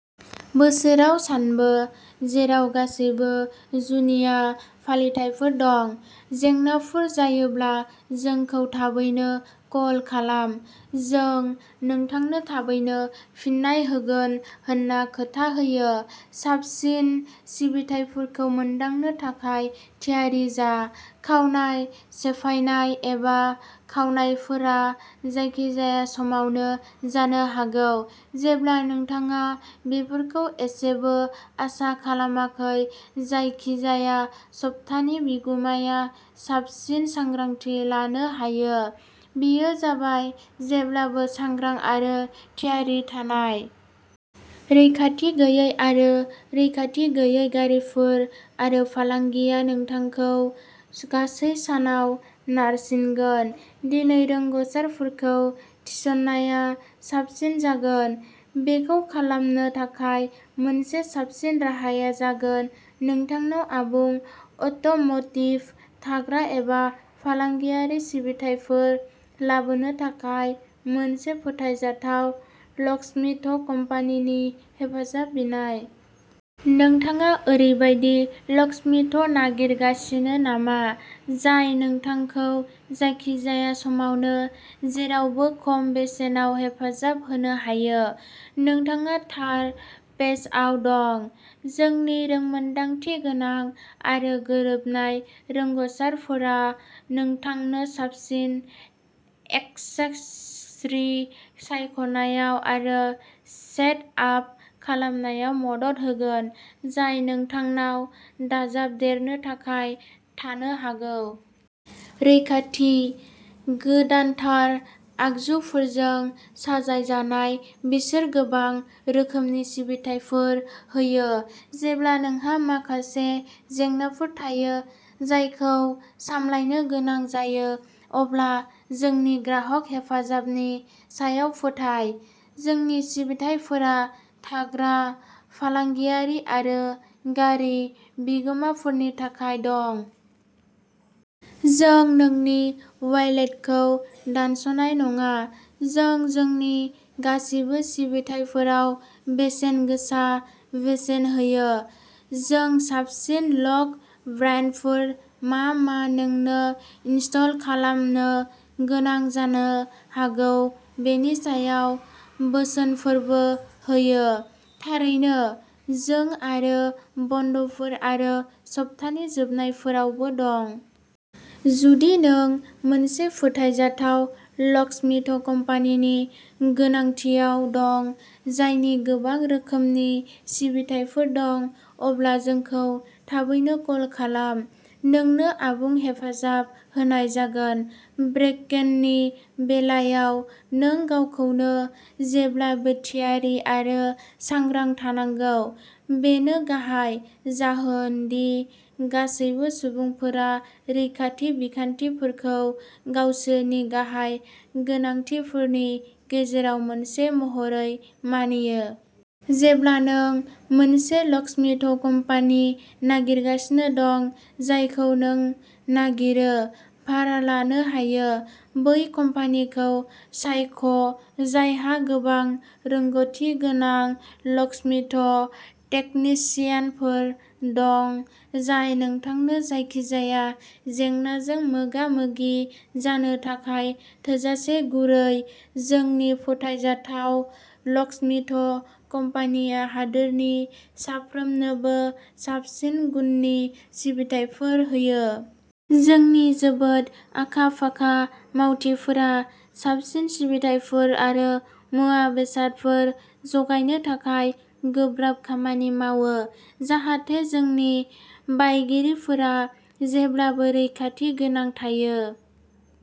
बोसोराव सानबो, जेराव गासैबो जुनिया फालिथायफोर दं। जेंनाफोर जायोब्ला जोंखौ थाबैनो कल खालाम। जों नोंथांनो थाबैनो फिन्नाय होगोन होनना खोथा होयो। साबसिन सिबिथाइफोरखौ मोनदांनो थाखाय थियारि जा। खावनाय, सेफायनाय, एबा खावनायफोरा जायखिजाया समावनो जानो हागौ, जेब्ला नोंथाङा बेफोरखौ एसेबो आसा खालामाखै, जायखिजाया सम्पथानि बिगुमाया साबसिन सांग्रांथि लानो हायो, बेयो जाबाय जेब्लाबो सांग्रां आरो थियारि थानाय। रैखाथि गैयै आरो रैखाथि गैयै गारिफोर आरो फालांगिया नोंथांखौ गासै सानाव नारसिनगोन, दिनै रोंग'सारफोरखौ थिसननाया साबसिन जागोन। बेखौ खालामनो थाखाय मोनसे साबसिन राहाया जागोन नोंथांनाव आबुं अट'म'टिभ, थाग्रा एबा फालांगियारि सिबिथाइफोर लाबोनो थाखाय मोनसे फोथायजाथाव लकस्मिथ कम्पानिनि हेफाजाब बिनाय। नोंथाङा ओरैबायदि लकस्मिथ नागिरगासिनो नामा जाय नोंथांखौ जायखिजाया समावनो, जेरावबो खम बेसेनाव हेफाजाब होनो हायो? नोंथाङा थार पेजआव दं। जोंनि रोंमोनदांथिगोनां आरो गोरोबनाय रोंग'सारफोरा नोंथांनो साबसिन एक्सेसरी सायख'नायाव आरो सेट आप खालामनायाव मदद होगोन, जाय नोंथांनाव दाजाबदेरनो थाखाय थानो हागौ। रैखाथि। गोदानथार आगजुफोरजों साजायजानाय, बिसोर गोबां रोखोमनि सिबिथाइफोर होयो। जेब्ला नोंहा माखासे जेंनाफोर थायो, जायखौ सामलायनो गोनां जायो, अब्ला जोंनि ग्राहक हेफाजाबनि सायाव फोथाय। जोंनि सिबिथाइफोरा थाग्रा, फालांगियारि आरो गारि बिगोमाफोरनि थाखाय दं। जों नोंनि वालेटखौ दानस'नाय नङा। जों जोंनि गासिबो सिबिथाइफोराव बेसेनगोसा बेसेन होयो। जों साबसिन लक ब्रान्डफोर मा मा नोंनो इनस्टल खालामनो गोनां जानो हागौ बेनि सायाव बोसोनफोरबो होयो। थारैनो, जों / आरो बन्द'फोर आरो सप्तानि जोबनायफोरावबो दं। जुदि नों मोनसे फोथायजाथाव लकस्मिथ कम्पानिनि गोनांथियाव दं, जायनि गोबां रोखोमनि सिबिथाइफोर दं, अब्ला जोंखौ थाबैनो कल खालाम। नोंनो आबुं हेफाजाब होनाय जागोन। ब्रेकइननि बेलायाव, नों गावखौनो जेब्लाबो थियारि आरो सांग्रां थानांगौ। बेनो गाहाय जाहोन दि गासैबो सुबुंफोरा रैखाथि बिखान्थिफोरखौ गावसोरनि गाहाय गोनांथिफोरनि गेजेराव मोनसे महरै मानियो। जेब्ला नों मोनसे लकस्मिथ कम्पानि नागिरगासिनो दं, जायखौ नों नागिरो। भारा लानो हायो, बै कम्पानिखौ सायख'जायहा गोबां रोंग'थि गोनां लकस्मिथ टेकनिशियानफोर दं, जाय नोंथांनो जायखिजाया जेंनाजों मोगा-मोगि जानो थाखाय थोजासे गुरै। जोंनि फोथायजाथाव लकस्मिथ कम्पानिया हादोरनि साफ्रोमनोबो साबसिन गुननि सिबिथाइफोर होयो। जोंनि जोबोद आखा-फाखा मावथिफोरा साबसिन सिबिथाइफोर आरो मुवा-बेसादफोर जगायनो थाखाय गोब्राब खामानि मावो, जाहाथे जोंनि बायगिरिफोरा जेब्लाबो रैखाथि गोनां थायो।